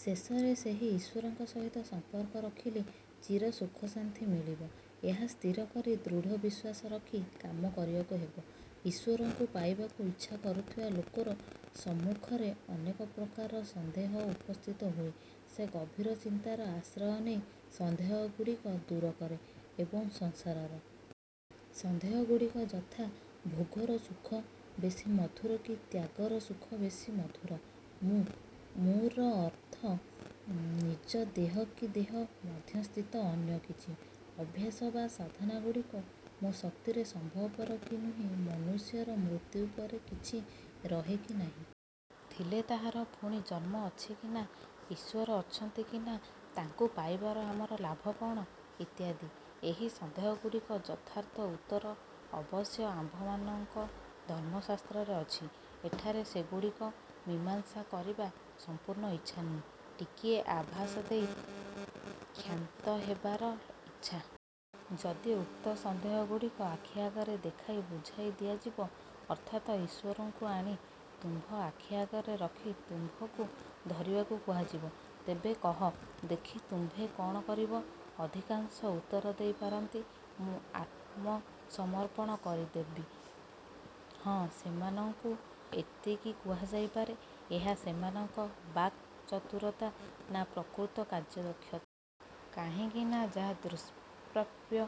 ଶେଷରେ ସେହି ଈଶ୍ଵରଙ୍କ ସହିତ ସମ୍ପର୍କ ରଖିଲେ ଚିର ସୁଖଶାନ୍ତି ମିଳିବ, ଏହା ସ୍ଥିର କରି ଦୃଢ଼ ବିଶ୍ଵାସ ରଖି କାମ କରିବାକୁ ହେବ। ଈଶ୍ଵରଙ୍କୁ ପାଇବାକୁ ଇଚ୍ଛା କରୁଥିବା ଲୋକର ସମ୍ମୁଖରେ ଅନେକ ପ୍ରକାର ସନ୍ଦେହ ଉପସ୍ଥିତ ହୁଏ। ସେ ଗଭୀର ଚିନ୍ତାର ଆଶ୍ରୟ ନେଇ ସନ୍ଦେହଗୁଡ଼ିକ ଦୂର କରେ ଏବଂ ସଂସାରର ପ୍ରତ୍ୟେକ କାର୍ଯ୍ୟ ଭିତରେ ଈଶ୍ଵରଙ୍କୁ ପାଇବାକୁ ଚେଷ୍ଟା କରେ। ସନ୍ଦେହଗୁଡ଼ିକ ଯଥା- ଭୋଗର ସୁଖ ବେଶୀ ମଧୁର କି ତ୍ୟାଗର ସୁଖ ବେଶୀ ମଧୁର? "ମୁଁ"ର ଅର୍ଥ ନିଜ ଦେହ କି ଦେହ ମଧ୍ୟସ୍ଥିତ ଅନ୍ୟ କିଛି? ଅଭ୍ୟାସ ବା ସାଧନାଗୁଡ଼ିକ ମୋ ଶକ୍ତିରେ ସମ୍ଭବପର କି ନୁହେଁ-? ମନୁଷ୍ୟର ମୃତ୍ୟୁ ପରେ କିଛି ରହେ କି ନାହିଁ? ଥିଲେ ତାହାର ପୁଣି ଜନ୍ମ ଅଛି କି ନାଁ-? ଈଶ୍ଵର ଅଛନ୍ତି କି ନାଁ? ତାଙ୍କୁ ପାଇବାର ଆମର ଲାଭ କଅଣ? ଇତ୍ୟାଦି। ଏହି ସନ୍ଦେହଗୁଡ଼ିକର ଯଥାର୍ଥ ଉତ୍ତର ଅବଶ୍ୟ ଆମ୍ଭମାନଙ୍କ ଧର୍ମଶାସ୍ତ୍ରରେ ଅଛି। ଏଠାରେ ସେଗୁଡ଼ିକ ମୀମାଂସା କରିବା ସମ୍ପୂର୍ଣ୍ଣ ଇଚ୍ଛା ନୁହେଁ, ଟିକିଏ ଆଭାସ ଦେଇ କ୍ଷାନ୍ତ ହେବାର ଇଚ୍ଛା। ଯଦି, ଉକ୍ତ ସନ୍ଦେହଗୁଡ଼ିକ ଆଖି ଆଗରେ ଦେଖାଇ ବୁଝାଇ ଦିଆଯିବ ଅର୍ଥାତ୍ ଈଶ୍ଵରଙ୍କୁ ଆଣି ତୁମ୍ଭ ଆଖି ଆଗରେ ରଖି ତୁମ୍ଭଙ୍କୁ ଧରିବାକୁ କୁହାଯିବ, ତେବେ କହ ଦେଖି ତୁମ୍ଭେ କ'ଣ କରିବ? ଅଧିକାଂଶ ଉତ୍ତର ଦେଇ ପାରନ୍ତି, "ମୁଁ ଆତ୍ମସମର୍ପଣ କରିଦେବି। " ହଁ, ସେମାନଙ୍କୁ ଏତିକି କୁହାଯାଇ ପାରେ; ଏହା ସେମାନଙ୍କ ବାକ୍ ଚତୁରତା ନାଁ ପ୍ରକୃତ କାର୍ଯ୍ୟଦକ୍ଷତା। କାହିଁକି ନାଁ, ଯାହା ଦୁଷ୍ପ୍ରାପ୍ୟ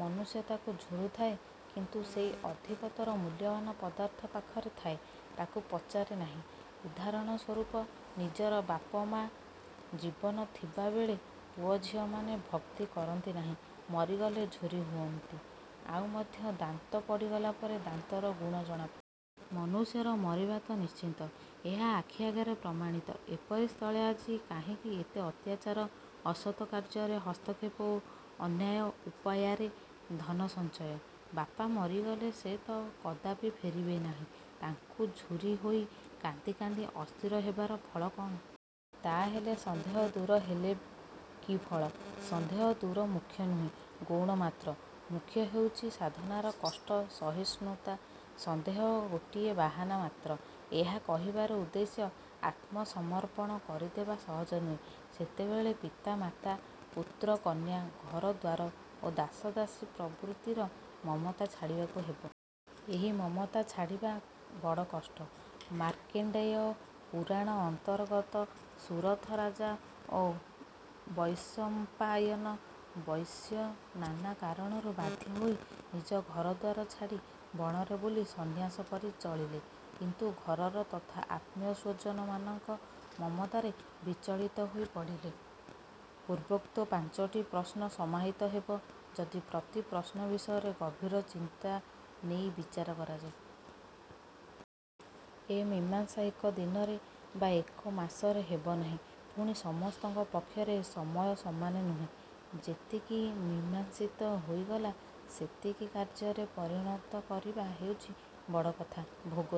ମନୁଷ୍ୟ ତାକୁ ଝୁରୁଥାଏ କିନ୍ତୁ ଯେଉଁ ଅଧିକତର ମୂଲ୍ୟବାନ୍ ପଦାର୍ଥ ପାଖରେ ଥାଏ ତାକୁ ପଚାରେ ନାହିଁ। ଉଦାହରଣ ସ୍ୱରୂପ ନିଜର ବାପମା ଜୀବନ ଥିବାବେଳେ ପୁଅଝିଅମାନେ ଭକ୍ତି କରନ୍ତି ନାହିଁ, ମରିଗଲେ ଝୁରି ହୁଅନ୍ତି। ଆଉ ମଧ୍ୟ ଦାନ୍ତ ପଡ଼ିଗଲା ପରେ ଦାନ୍ତର ଗୁଣ ଜଣାପଡ଼େ। ମନୁଷ୍ୟର ମରିବା ତ ନିଶ୍ଚିତ, ଏହା ଆଖି ଆଗରେ ପ୍ରମାଣିତ। ଏପରି ସ୍ଥଳେ ଆଜି କାହିଁକି ଏତେ ଅତ୍ୟାଚାର, ଅସତ୍ କାର୍ଯ୍ୟରେ ହସ୍ତକ୍ଷେପ ଓ ଅନ୍ୟାୟ ଉପୟାରେ ଧନସଞ୍ଚୟ? ବାପା ମରିଗଲେ ସେ ତ କଦାପି ଫେରିବେ ନାହିଁ; ତାଙ୍କୁ ଝୁରି ହୋଇ କାନ୍ଦି କାନ୍ଦି ଅସ୍ଥିର ହେବାର ଫଳ କଅଣ? ତାହାହେଲେ ସନ୍ଦେହ ଦୂର ହେଲେ କି ଫଳ? ସନ୍ଦେହ ଦୂର ମୁଖ୍ୟ ନୁହେଁ, ଗୌଣ ମାତ୍ର। ମୁଖ୍ୟ ହେଉଛି ସାଧନାର କଷ୍ଟ ସହିଷ୍ଣୁତା। ସନ୍ଦେହ ଗୋଟିଏ ବାହାନା ମାତ୍ର। ଏହା କହିବାର ଉଦ୍ଦେଶ୍ୟ ଆତ୍ମସମର୍ପଣ କରିଦେବା ସହଜ ନୁହେଁ। ସେତେବେଳେ ପିତା ମାତା, ପୁତ୍ର କନ୍ୟା, ଘରଦ୍ଵାର ଓ ଦାସଦାସୀ ପ୍ରଭୃତିର ମମତା ଛାଡ଼ିବାକୁ ହେବ। ଏହି ମମତା ଛାଡ଼ିବା ବଡ଼ କଷ୍ଟ। ମାର୍କଣ୍ଡେୟ ପୁରାଣ ଅନ୍ତର୍ଗତ ସୁରଥ ରାଜା ଓ ବୈଶମ୍ପାୟନ ବୈଶ୍ୟ ନାନା କାରଣରୁ ବାଧ୍ୟ ହୋଇ ନିଜ ଘରଦ୍ଵାର ଛାଡ଼ି ବଣରେ ବୁଲି ସନ୍ନ୍ୟାସପରି ଚଳିଲେ, କିନ୍ତୁ ଘରର ତଥା ଆତ୍ମୀୟସ୍ଵଜନମାନଙ୍କ ମମତାରେ ବିଚଳିତ ହୋଇ ପଡ଼ିଲେ। ପୂର୍ବୋକ୍ତ ପାଞ୍ଚଟି ପ୍ରଶ୍ନ ସମାହିତ ହେବ, ଯଦି ପ୍ରତି ପ୍ରଶ୍ନ ବିଷୟରେ ଗଭୀର ଚିନ୍ତା ନେଇ ବିଚାର କରାଯାଏ। ଏ ମୀମାଂସା ଏକ ଦିନରେ ବା ଏକ ମାସରେ ହେବ ନାହିଁ। ପୁଣି ସମସ୍ତଙ୍କ ପକ୍ଷରେ ସମୟ ସମାନ ନୁହେଁ। ଯେତିକି, ମୀମାଂସିତ ହୋଇଗଲା ସେତିକି କାର୍ଯ୍ୟରେ ପରିଣତ କରିବା ହେଉଛି ବଡ଼ କଥା। ଭୋଗରେ